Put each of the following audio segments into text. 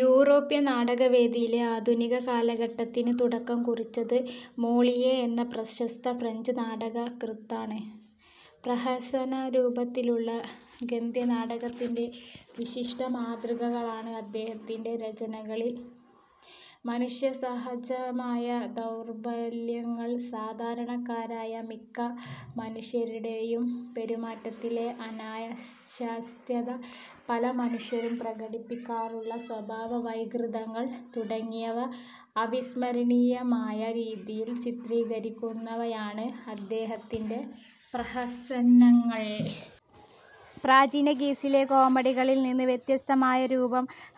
European നാടകവേദിയിലെ ആധുനിക കാലഘട്ടത്തിന് തുടക്കം കുറിച്ചത് മോളിയേ എന്ന പ്രശസ്ത ഫ്രഞ്ച് നാടകകൃത്താണ്. പ്രഹസനരൂപത്തിലുള്ള ഗദ്യനാടകത്തിന്റെ വിശിഷ്ട മാതൃകകളാണ് അദ്ദേഹത്തിന്റെ രചനകൾ. മനുഷ്യസഹജമായ ദൌർബല്യങ്ങൾ, സാധാരണക്കാരായ മിക്ക മനുഷ്യരുടെയും പെരുമാറ്റത്തിലെ അനാശാസ്യത, പല മനുഷ്യരും പ്രകടിപ്പിക്കാറുള്ള സ്വഭാവവൈകൃതങ്ങൾ തുടങ്ങിയവ അവിസ്മരണീയമായ രീതിയിൽ ചിത്രീകരിക്കുന്നവയാണ് അദ്ദേഹത്തിന്റെ പ്രഹസനങ്ങൾ. പ്രാചീന ഗ്രീസിലെ കോമഡികളിൽ നിന്ന് വ്യത്യസ്തമായ ഒരു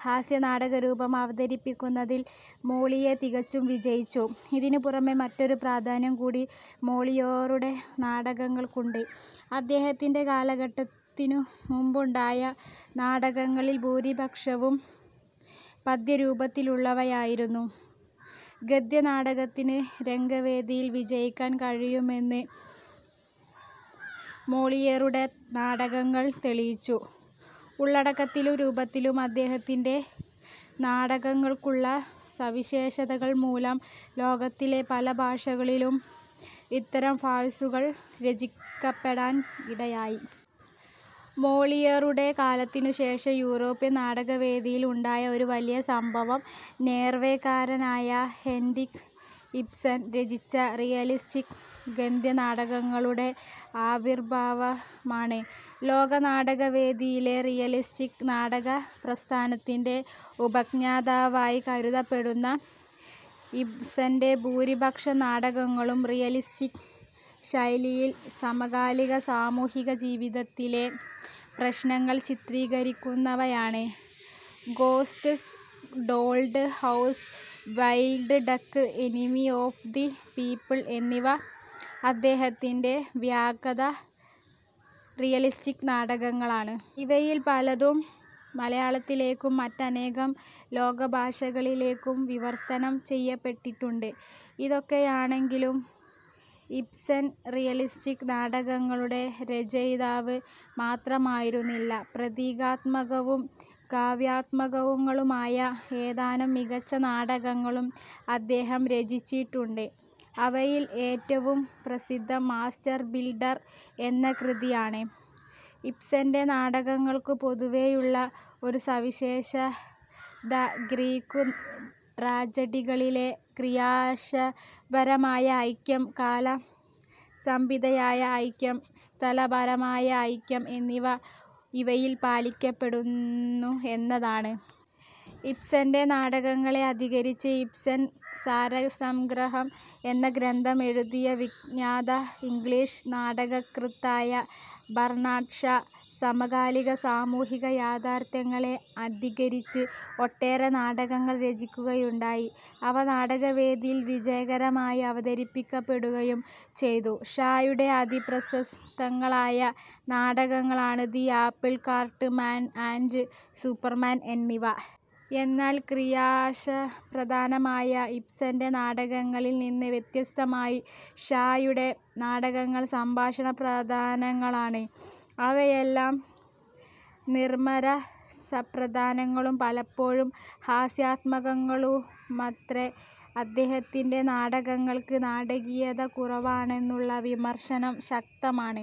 ഹാസ്യനാടകരൂപം അവതരിപ്പിക്കുന്നതിൽ മോളിയേ തികച്ചും വിജയിച്ചു. ഇതിനുപുറമേ മറ്റൊരു പ്രാധാന്യം കൂടി മോളിയേറുടെ നാടകങ്ങൾക്കുണ്ട്. അദ്ദേഹത്തിന്റെ കാലഘട്ടത്തിനുമുമ്പുണ്ടായ നാടകങ്ങളിൽ ഭൂരിപക്ഷവും പദ്യരൂപത്തിലുള്ളവയായിരുന്നു. ഗദ്യനാടകത്തിന് രംഗവേദിയിൽ വിജയിക്കാൻ കഴിയുമെന്ന് മോളിയേറുടെ നാടകങ്ങൾ തെളിയിച്ചു. ഉള്ളടക്കത്തിലും രൂപത്തിലും അദ്ദേഹത്തിന്റെ നാടകങ്ങൾക്കുള്ള സവിശേഷതകൾ മൂലം ലോകത്തിലെ പലഭാഷകളിലും ഇത്തരം ഫാഴ്സുകൾ രചിക്കപ്പെടാൻ ഇടയായി. മോളിയറുടെ കാലത്തിനുശേഷം യൂറോപ്യൻ നാടകവേദിയിൽ ഉണ്ടായ ഒരു വലിയ സംഭവം നോർവേക്കാരനായ ഹെന്റിക് ഇബ്സൻ രചിച്ച റിയലിസ്റ്റിക് ഗദ്യനാടകങ്ങളുടെ ആവിർഭാവമാണ്. ലോകനാടകവേദിയിലെ റിയലിസ്റ്റിക് നാടകപ്രസ്ഥാനത്തിന്റെ ഉപജ്ഞാതാവായി കരുതപ്പെടുന്ന ഇബ്സന്റെ ഭൂരിപക്ഷം നാടകങ്ങളും റിയലിസ്റ്റിക് ശൈലിയിൽ സമകാലിക സാമൂഹിക ജീവിതത്തിലെ പ്രശ്നങ്ങൾ ചിത്രീകരിക്കുന്നവയാണ്. Ghosts, dolls house, wild duck, enemy of the people എന്നിവ അദ്ദേഹത്തിന്റെ വിഖ്യാത റിയലിസ്റ്റിക് നാടകങ്ങളാണ്. ഇവയിൽ പലതും മലയാളത്തിലേക്കും മറ്റനേകം ലോകഭാഷകളിലേക്കും വിവർത്തനം ചെയ്യപ്പെട്ടിട്ടുണ്ട്. ഇതൊക്കെയാണെങ്കിലും ഇബ്സൻ, റിയലിസ്റ്റിക് നാടകങ്ങളുടെ രചയിതാവ് മാത്രമായിരുന്നില്ല. പ്രതീകാത്മകങ്ങളും കാവ്യാത്മകങ്ങളുമായ ഏതാനും മികച്ച നാടകങ്ങളും അദ്ദേഹം രചിച്ചിട്ടുണ്ട്. അവയിൽ ഏറ്റവും പ്രസിദ്ധം മാസ്റ്റർ ബിൽഡർ എന്ന കൃതിയാണ്. ഇബ്സന്റെ നാടകങ്ങൾക്ക് പൊതുവേയുള്ള ഒരു സവിശേഷത ഗ്രീക്കു ട്രാജഡികളിലെ ക്രിയാംശപരമായ ഐക്യം, കാലസംബന്ധിയായ ഐക്യം, സ്ഥലപരമായ ഐക്യം എന്നിവ ഇവയിൽ പാലിക്കപ്പെടുന്നു എന്നതാണ്. ഇബ്സന്റെ നാടകങ്ങളെ അധികരിച്ച് ഇബ്സൻ സാരസംഗ്രഹം എന്ന ഗ്രന്ഥം എഴുതിയ വിഖ്യാത ഇംഗ്ളീഷ് നാടകകൃത്തായ ബർണാഡ്ഷാ സമകാലിക സാമൂഹികയാഥാർഥ്യങ്ങളെ അധികരിച്ച് ഒട്ടേറെ നാടകങ്ങൾ രചിക്കുകയുണ്ടായി. അവ നാടകവേദിയിൽ വിജയകരമായി അവതരിപ്പിക്കപ്പെടുകയും ചെയ്തു. ഷായുടെ അതിപ്രശസ്തങ്ങളായ നാടകങ്ങളാണ് The Apple Cart, Man and Superman എന്നിവ. എന്നാൽ ക്രിയാംശപ്രധാനമായ ഇബ്സന്റെ നാടകങ്ങളിൽ നിന്ന് വ്യത്യസ്തമായി ഷായുടെ നാടകങ്ങൾ സംഭാഷണ പ്രധാനങ്ങളാണ്. അവയെല്ലാം നർമരസപ്രധാനങ്ങളും പലപ്പോഴും ഹാസ്യത്മകങ്ങളുമത്രെ. അദ്ദേഹത്തിന്റെ നാടകങ്ങൾക്ക് നാടകീയത കുറവാണെന്നുള്ള വിമർശനം ശക്തമാണ്.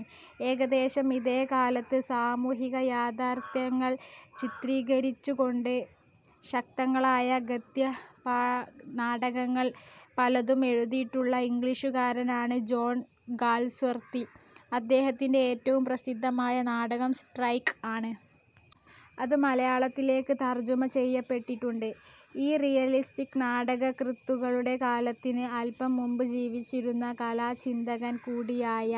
ഏകദേശം ഇതേകാലത്ത് സാമൂഹിക യാഥാർഥ്യങ്ങൾ ചിത്രീകരിച്ചുകൊണ്ട് ശക്തങ്ങളായ ഗദ്യനാടകങ്ങൾ പലതും എഴുതിയിട്ടുള്ള ഇംഗ്ലീഷുകാരനാണ് ജോൺ ഗാൽസ്വർത്തി. അദ്ദേഹത്തിന്റെ ഏറ്റവും പ്രസിദ്ധമായ നാടകം സ്ട്രൈക് ആണ്. അത് മലയാളത്തിലേക്ക് തർജുമ ചെയ്യപ്പെട്ടിട്ടുണ്ട്. ഈ റിയലിസ്റ്റിക് നാടകകൃത്തുക്കളുടെ കാലത്തിന് അല്പം മുമ്പ് ജീവിച്ചിരുന്ന കലാചിന്തകൻ കൂടിയായ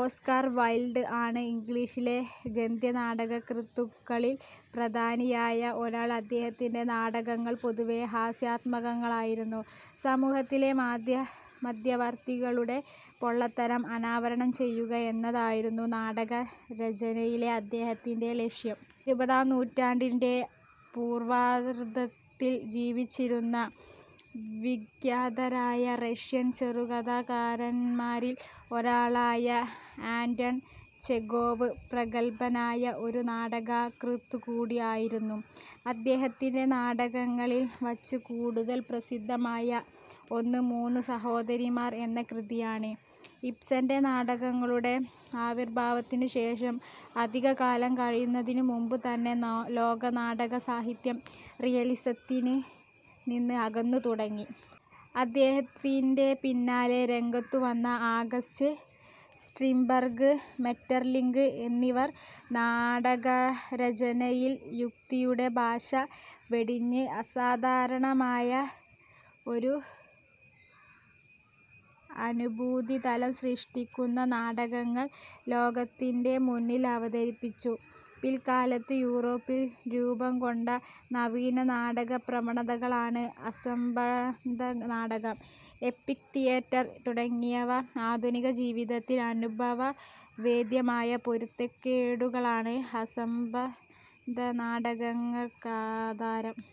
ഓസ്കർ വൈൽഡ് ആണ് ഇംഗ്ലീഷിലെ ഗദ്യനാടകകൃത്തുക്കളിൽ പ്രധാനിയായ ഒരാൾ. അദ്ദേഹത്തിന്റെ നാടകങ്ങൾ പൊതുവേ ഹാസ്യാത്മകങ്ങളായിരുന്നു. സമൂഹത്തിലെ മധ്യവർത്തികളുടെ പൊള്ളത്തരം അനാവരണം ചെയ്യുക എന്നതായിരുന്നു നാടകരചനയിലെ അദ്ദേഹത്തിന്റെ ലക്ഷ്യം. ഇരുപതാം നൂറ്റാണ്ടിന്റെ പൂർവാർധത്തിൽ ജീവിച്ചിരുന്ന വിഖ്യാതരായ റഷ്യൻ ചെറുകഥാകാരന്മാരിൽ ഒരാളായ ആന്റൺ ചെഖോവ് പ്രഗല്ഭനായ ഒരു നാടകകൃത്തുകൂടി ആയിരുന്നു. അദ്ദേഹത്തിന്റെ നാടകങ്ങളിൽ വച്ച് കൂടുതൽ പ്രസിദ്ധമായ ഒന്ന്, മൂന്നു സഹോദരിമാർ എന്ന കൃതിയാണ്. ഇബ്സന്റെ നാടകങ്ങളുടെ ആവിർഭാവത്തിനു ശേഷം അധികകാലം കഴിയുന്നതിനുമുമ്പുതന്നെ ലോകനാടകസാഹിത്യം റിയലിസത്തിൽ നിന്ന് അകന്നു തുടങ്ങി. അദ്ദേഹത്തിന്റെ പിന്നാലേ രംഗത്തുവന്ന ആഗസ്റ്റ് സ്ട്രിൻബർഗ്, മെറ്റർലിങ്ക് എന്നിവർ നാടകരചനയിൽ യുക്തിയുടെ ഭാഷ വെടിഞ്ഞ് അസാധാരണമായ ഒരു അനുഭൂതിതലം സൃഷ്ടിക്കുന്ന നാടകങ്ങൾ ലോകത്തിന്റെ മുന്നിൽ അവതരിപ്പിച്ചു. പില്ക്കാലത്ത് യൂറോപ്പിൽ രൂപം കൊണ്ട നവീനനാടകപ്രവണതകളാണ് അസംബന്ധനാടകം, എപ്പിക് തിയേറ്റർ തുടങ്ങിയവ. ആധുനിക ജീവിതത്തിൽ ആനുഭവവേദ്യമായ പൊരുത്തക്കേടുകളാണ് അസംബന്ധനാടകങ്ങൾക്കാധാരം.